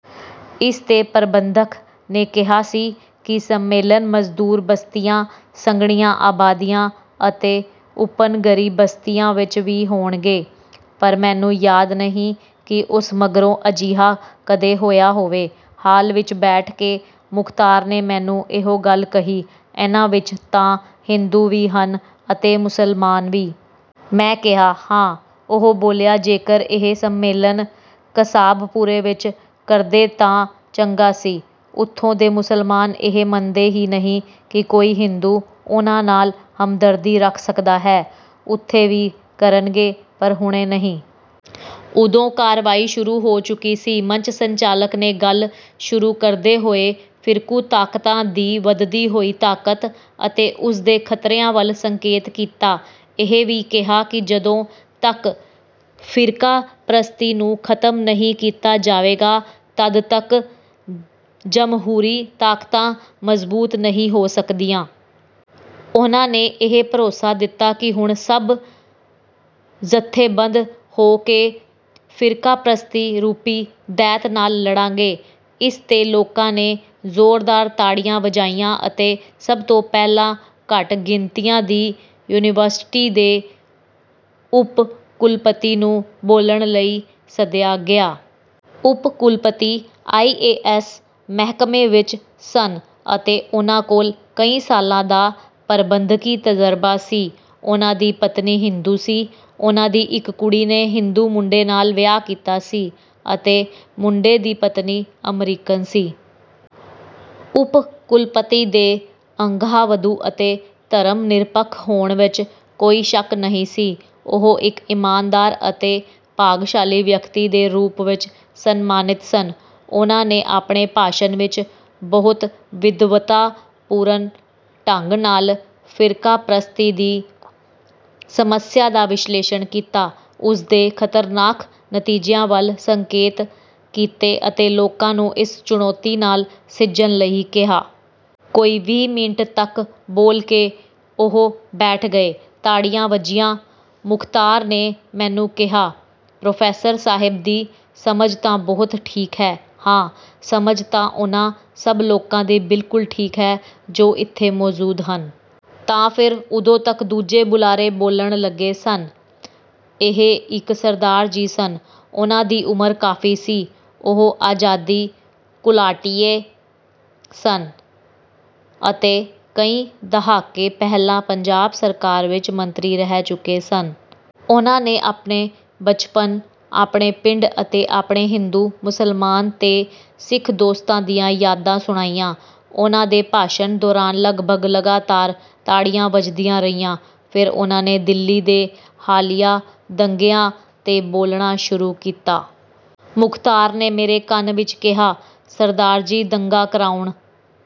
ਇਸ 'ਤੇ ਪ੍ਰਬੰਧਕ ਨੇ ਕਿਹਾ ਸੀ ਕਿ ਸੰਮੇਲਨ ਮਜ਼ਦੂਰ ਬਸਤੀਆਂ, ਸੰਘਣੀਆਂ ਆਬਾਦੀਆਂ ਅਤੇ ਉਪਨਗਰੀ ਬਸਤੀਆਂ ਵਿੱਚ ਵੀ ਹੋਣਗੇ, ਪਰ ਮੈਨੂੰ ਯਾਦ ਨਹੀਂ ਕਿ ਉਸ ਮਗਰੋਂ ਅਜਿਹਾ ਕਦੇ ਹੋਇਆ ਹੋਵੇ। ਹਾਲ ਵਿੱਚ ਬੈਠ ਕੇ ਮੁਖ਼ਤਾਰ ਨੇ ਮੈਨੂੰ ਇਹੋ ਗੱਲ ਕਹੀ, "ਇਹਨਾਂ ਵਿੱਚ ਤਾਂ ਹਿੰਦੂ ਵੀ ਹਨ ਅਤੇ ਮੁਸਲਮਾਨ ਵੀ।" ਮੈਂ ਕਿਹਾ, "ਹਾਂ!" ਉਹ ਬੋਲਿਆ, "ਜੇਕਰ ਇਹ ਸੰਮੇਲਨ ਕਸਾਬਪੁਰੇ ਵਿੱਚ ਕਰਦੇ ਤਾਂ ਚੰਗਾ ਸੀ। ਉੱਥੋਂ ਦੇ ਮੁਸਲਮਾਨ ਇਹ ਮੰਨਦੇ ਹੀ ਨਹੀਂ ਕਿ ਕੋਈ ਹਿੰਦੂ ਉਹਨਾਂ ਨਾਲ਼ ਹਮਦਰਦੀ ਰੱਖ ਸਕਦਾ ਹੈ।" "ਉੱਥੇ ਵੀ ਕਰਨਗੇ, ਪਰ ਹੁਣੇ ਨਹੀਂ।" ਉਦੋਂ ਕਾਰਵਾਈ ਸ਼ੁਰੂ ਹੋ ਚੁੱਕੀ ਸੀ। ਮੰਚ ਸੰਚਾਲਕ ਨੇ ਗੱਲ ਸ਼ੁਰੂ ਕਰਦੇ ਹੋਏ ਫ਼ਿਰਕੂ ਤਾਕਤਾਂ ਦੀ ਵਧਦੀ ਹੋਈ ਤਾਕਤ ਅਤੇ ਉਸ ਦੇ ਖ਼ਤਰਿਆਂ ਵੱਲ ਸੰਕੇਤ ਕੀਤਾ। ਇਹ ਵੀ ਕਿਹਾ ਕਿ ਜਦੋਂ ਤੱਕ ਫ਼ਿਰਕਾਪ੍ਰਸਤੀ ਨੂੰ ਖ਼ਤਮ ਨਹੀਂ ਕੀਤਾ ਜਾਵੇਗਾ, ਤਦ ਤੱਕ ਜਮਹੂਰੀ ਤਾਕਤਾਂ ਮਜ਼ਬੂਤ ਨਹੀਂ ਹੋ ਸਕਦੀਆਂ। ਉਹਨਾਂ ਨੇ ਇਹ ਭਰੋਸਾ ਦਿੱਤਾ ਕਿ ਹੁਣ ਸਭ ਜਥੇਬੰਦ ਹੋ ਕੇ ਫ਼ਿਰਕਾਪ੍ਰਸਤੀ ਰੂਪੀ ਦੈਤ ਨਾਲ਼ ਲੜਾਂਗੇ। ਇਸ 'ਤੇ ਲੋਕਾਂ ਨੇ ਜ਼ੋਰਦਾਰ ਤਾੜੀਆਂ ਵਜਾਈਆਂ ਅਤੇ ਸਭ ਤੋਂ ਪਹਿਲਾਂ ਘੱਟ ਗਿਣਤੀਆਂ ਦੀ ਯੂਨੀਵਰਸਿਟੀ ਦੇ ਉੱਪ-ਕੁਲਪਤੀ ਨੂੰ ਬੋਲਣ ਲਈ ਸੱਦਿਆ ਗਿਆ। ਉੱਪ-ਕੁਲਪਤੀ ਆਈ. ਏ. ਐੱਸ. ਮਹਿਕਮੇ ਵਿੱਚ ਸਨ ਅਤੇ ਉਹਨਾਂ ਕੋਲ ਕਈ ਸਾਲਾਂ ਦਾ ਪ੍ਰਬੰਧਕੀ ਤਜ਼ਰਬਾ ਸੀ। ਉਹਨਾਂ ਦੀ ਪਤਨੀ ਹਿੰਦੂ ਸੀ, ਉਹਨਾਂ ਦੀ ਇੱਕ ਕੁੜੀ ਨੇ ਹਿੰਦੂ ਮੁੰਡੇ ਨਾਲ਼ ਵਿਆਹ ਕੀਤਾ ਸੀ ਅਤੇ ਮੁੰਡੇ ਦੀ ਪਤਨੀ ਅਮਰੀਕਨ ਸੀ। ਉੱਪ-ਕੁਲਪਤੀ ਦੇ ਅਗਾਂਹਵਧੂ ਅਤੇ ਧਰਮ-ਨਿਰਪੱਖ ਹੋਣ ਵਿੱਚ ਕੋਈ ਸ਼ੱਕ ਨਹੀਂ ਸੀ। ਉਹ ਇੱਕ ਇਮਾਨਦਾਰ ਅਤੇ ਭਾਗਸ਼ਾਲੀ ਵਿਅਕਤੀ ਦੇ ਰੂਪ ਵਿੱਚ ਸਨਮਾਨਿਤ ਸਨ। ਉਹਨਾਂ ਨੇ ਆਪਣੇ ਭਾਸ਼ਣ ਵਿੱਚ ਬਹੁਤ ਵਿਦਵਤਾਪੂਰਨ ਢੰਗ ਨਾਲ਼ ਫ਼ਿਰਕਾਪ੍ਰਸਤੀ ਦੀ ਸਮੱਸਿਆ ਦਾ ਵਿਸ਼ਲੇਸ਼ਣ ਕੀਤਾ, ਉਸ ਦੇ ਖ਼ਤਰਨਾਕ ਨਤੀਜਿਆਂ ਵੱਲ ਸੰਕੇਤ ਕੀਤੇ ਅਤੇ ਲੋਕਾਂ ਨੂੰ ਇਸ ਚੁਣੌਤੀ ਨਾਲ਼ ਸਿੱਝਣ ਲਈ ਕਿਹਾ। ਕੋਈ ਵੀਹ ਮਿੰਟ ਤੱਕ ਬੋਲ ਕੇ ਉਹ ਬੈਠ ਗਏ। ਤਾੜੀਆਂ ਵੱਜੀਆਂ। ਮੁਖ਼ਤਾਰ ਨੇ ਮੈਨੂੰ ਕਿਹਾ, "ਪ੍ਰੋਫ਼ੈਸਰ ਸਾਹਿਬ ਦੀ ਸਮਝ ਤਾਂ ਬਹੁਤ ਠੀਕ ਹੈ।" "ਹਾਂ, ਸਮਝ ਤਾਂ ਉਹਨਾਂ ਸਭ ਲੋਕਾਂ ਦੀ ਬਿਲਕੁਲ ਠੀਕ ਹੈ ਜੋ ਇੱਥੇ ਮੌਜੂਦ ਹਨ।" "ਤਾਂ ਫਿਰ?" ਉਦੋਂ ਤੱਕ ਦੂਜੇ ਬੁਲਾਰੇ ਬੋਲਣ ਲੱਗੇ ਸਨ। ਇਹ ਇੱਕ ਸਰਦਾਰ ਜੀ ਸਨ। ਉਹਨਾਂ ਦੀ ਉਮਰ ਕਾਫ਼ੀ ਸੀ। ਉਹ ਆਜ਼ਾਦੀ ਘੁਲਾਟੀਏ ਸਨ ਅਤੇ ਕਈ ਦਹਾਕੇ ਪਹਿਲਾਂ ਪੰਜਾਬ ਸਰਕਾਰ ਵਿੱਚ ਮੰਤਰੀ ਰਹਿ ਚੁੱਕੇ ਸਨ। ਉਹਨਾਂ ਨੇ ਆਪਣੇ ਬਚਪਨ, ਆਪਣੇ ਪਿੰਡ ਅਤੇ ਆਪਣੇ ਹਿੰਦੂ, ਮੁਸਲਮਾਨ ਤੇ ਸਿੱਖ ਦੋਸਤਾਂ ਦੀਆਂ ਯਾਦਾਂ ਸੁਣਾਈਆਂ। ਉਹਨਾਂ ਦੇ ਭਾਸ਼ਣ ਦੌਰਾਨ ਲਗਭਗ ਲਗਾਤਾਰ ਤਾੜੀਆਂ ਵੱਜਦੀਆਂ ਰਹੀਆਂ। ਫ਼ਿਰ ਉਹਨਾਂ ਨੇ ਦਿੱਲੀ ਦੇ ਹਾਲੀਆ ਦੰਗਿਆਂ 'ਤੇ ਬੋਲਣਾ ਸ਼ੁਰੂ ਕੀਤਾ। ਮੁਖ਼ਤਾਰ ਨੇ ਮੇਰੇ ਕੰਨ ਵਿੱਚ ਕਿਹਾ, "ਸਰਦਾਰ ਜੀ ਦੰਗਾ ਕਰਾਉਣ